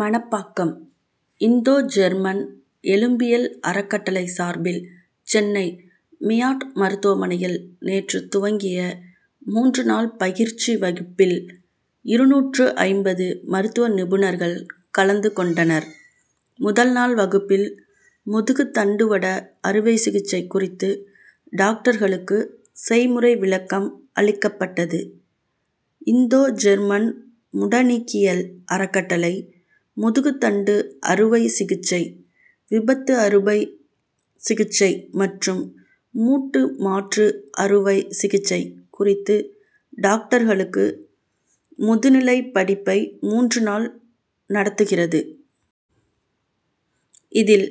Manapakkam: Indo German எலும்பியல் அறக்கட்டளை சார்பில் சென்னை, மியாட் மருத்துவமனையில் நேற்று துவங்கிய மூன்று நாள் பயிற்சி வகுப்பில் இருநூற்று ஐம்பது மருத்துவ நிபுணர்கள் கலந்து கொண்டனர். முதல் நாள் வகுப்பில் முதுகுத்தண்டுவட அறுவை சிகிச்சை குறித்து டாக்டர்களுக்கு செய்முறை விளக்கம் அளிக்கப்பட்டது. இந்தோ ஜெர்மன் முடநீக்கியல் அறக்கட்டளை, முதுகுத்தண்டு அறுவை சிகிச்சை, விபத்து அறுவை சிகிச்சை மற்றும் மூட்டு மாற்று அறுவை சிகிச்சை குறித்து டாக்டர்களுக்கு முதுநிலை படிப்பை மூன்று நாள் நடத்துகிறது. இதில்,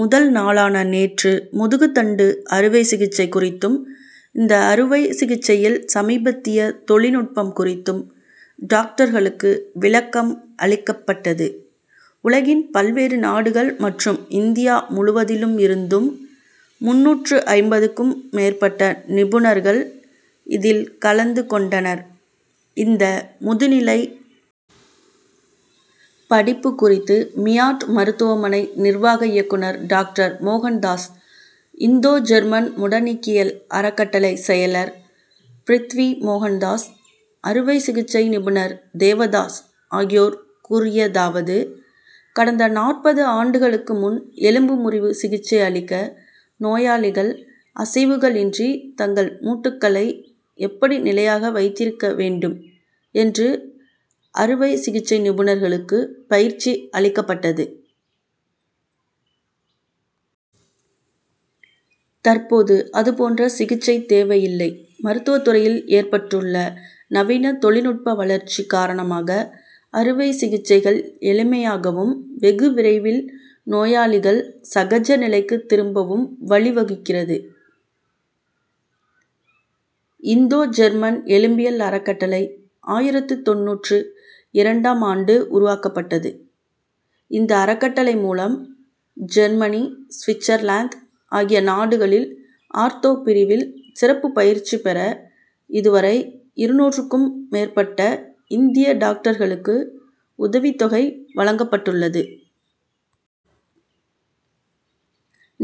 முதல் நாளான நேற்று முதுகுத்தண்டு அறுவை சிகிச்சை குறித்தும், இந்த அறுவை சிகிச்சையில் சமீபத்திய தொழில்நுட்பம் குறித்தும் டாக்டர்களுக்கு விளக்கம் அளிக்கப்பட்டது. உலகின் பல்வேறு நாடுகள் மற்றும் இந்தியா முழுவதிலும் இருந்தும் முந்நூற்று ஐம்பதுக்கும் மேற்பட்ட நிபுணர்கள் இதில் கலந்து கொண்டனர். இந்த முதுநிலை படிப்பு குறித்து மியாட் மருத்துவமனை நிர்வாக இயக்குனர் டாக்டர் மோகன்தாஸ், இந்தோ ஜெர்மன் முடநீக்கியல் அறக்கட்டளை செயலர் பிருத்வி மோகன்தாஸ், அறுவை சிகிச்சை நிபுணர் தேவதாஸ் ஆகியோர் கூறியதாவது:கடந்த நாற்பது ஆண்டுகளுக்கு முன் எலும்பு முறிவு சிகிச்சை அளிக்க, நோயாளிகள் அசைவுகள் இன்றி தங்கள் மூட்டுக்களை எப்படி நிலையாக வைத்திருக்க வேண்டும் என்று அறுவை சிகிச்சை நிபுணர்களுக்கு பயிற்சி அளிக்கப்பட்டது. தற்போது அதுபோன்ற சிகிச்சை தேவையில்லை. மருத்துவ துறையில் ஏற்பட்டுள்ள நவீன தொழில்நுட்ப வளர்ச்சி காரணமாக, அறுவை சிகிச்சைகள் எளிமையாகவும், வெகு விரைவில் நோயாளிகள் சகஜ நிலைக்கு திரும்பவும் வழிவகுக்கிறது. இந்தோ ஜெர்மன் எலும்பியல் அறக்கட்டளை ஆயிரத்து தொண்ணூற்று இரண்டாம் ஆண்டு உருவாக்கப்பட்டது. இந்த அறக்கட்டளை மூலம் ஜெர்மனி, சுவிட்சர்லாந்து ஆகிய நாடுகளில் ஆர்தோ பிரிவில் சிறப்பு பயிற்சி பெற இதுவரை இருநூற்றுக்கும் மேற்பட்ட இந்திய டாக்டர்களுக்கு உதவித் தொகை வழங்கப்பட்டுள்ளது.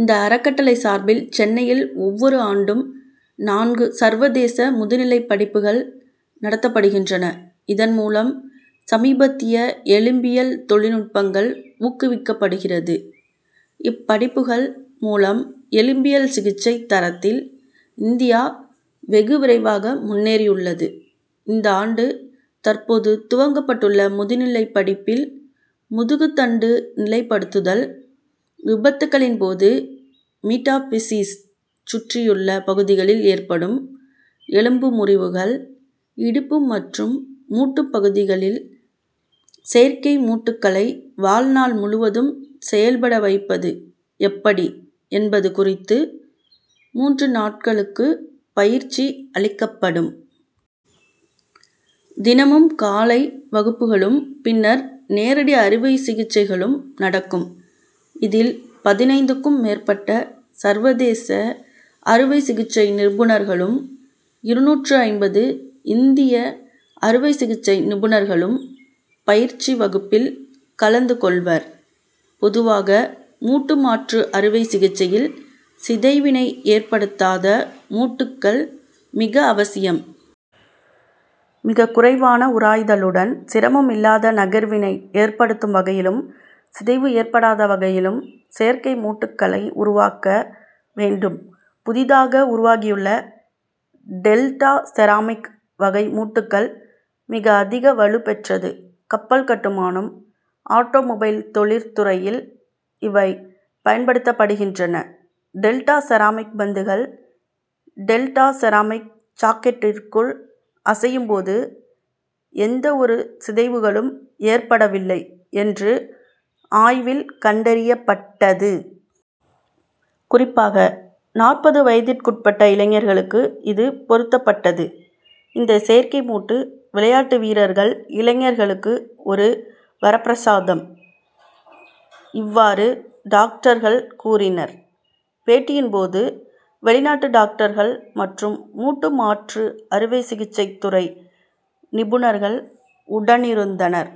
இந்த அறக்கட்டளை சார்பில் சென்னையில் ஒவ்வொரு ஆண்டும் நான்கு சர்வதேச முதுநிலை படிப்புகள் நடத்தப்படுகின்றன. இதன் மூலம் சமீபத்திய எலும்பியல் தொழில்நுட்பங்கள் ஊக்குவிக்கப்படுகிறது. இப்படிப்புகள் மூலம் எலும்பியல் சிகிச்சை தரத்தில் இந்தியா வெகு விரைவாக முன்னேறியுள்ளது. இந்த ஆண்டு, தற்போது துவங்கப்பட்டுள்ள முதுநிலை படிப்பில், முதுகுத்தண்டு நிலைப்படுத்துதல், விபத்துகளின் போது மீட்டாபிசீஸ் சுற்றியுள்ள பகுதிகளில் ஏற்படும் எலும்பு முறிவுகள், இடுப்பு மற்றும் மூட்டு பகுதிகளில் செயற்கை மூட்டுக்களை வாழ்நாள் முழுவதும் செயல்பட வைப்பது எப்படி என்பது குறித்து மூன்று நாட்களுக்கு பயிற்சி அளிக்கப்படும். தினமும் காலை வகுப்புகளும், பின்னர் நேரடி அறுவை சிகிச்சைகளும் நடக்கும். இதில், பதினைந்துக்கும் மேற்பட்ட சர்வதேச அறுவை சிகிச்சை நிபுணர்களும், இருநூற்று ஐம்பது இந்திய அறுவை சிகிச்சை நிபுணர்களும் பயிற்சி வகுப்பில் கலந்து கொள்வர். பொதுவாக மூட்டு மாற்று அறுவை சிகிச்சையில் சிதைவினை ஏற்படுத்தாத மூட்டுக்கள் மிக அவசியம். மிக குறைவான உராய்தலுடன், சிரமம் இல்லாத நகர்வினை ஏற்படுத்தும் வகையிலும், சிதைவு ஏற்படாத வகையிலும் செயற்கை மூட்டுக்களை உருவாக்க வேண்டும். புதிதாக உருவாகியுள்ள "டெல்டா செராமிக்' வகை மூட்டுக்கள் மிக அதிக வலுபெற்றது. கப்பல் கட்டுமானம், ஆட்டோமொபைல் தொழிற்துறையில் இவை பயன்படுத்தப்படுகின்றன. டெல்டா செராமிக் பந்துகள், டெல்டா செராமிக் சாக்கெட்டிற்குள் அசையும் போது, எந்த ஒரு சிதைவுகளும் ஏற்படவில்லை என்று ஆய்வில் கண்டறியப்பட்டது. குறிப்பாக, நாற்பது வயதுக்குட்பட்ட இளைஞர்களுக்கு இது பொருத்தப்பட்டது. இந்த செயற்கை மூட்டு, விளையாட்டு வீரர்கள், இளைஞர்களுக்கு ஒரு வரப்பிரசாதம். இவ்வாறு டாக்டர்கள் கூறினர். பேட்டியின் போது வெளிநாட்டு டாக்டர்கள் மற்றும் மூட்டு மாற்று அறுவை சிகிச்சை துறை நிபுணர்கள் உடனிருந்தனர்.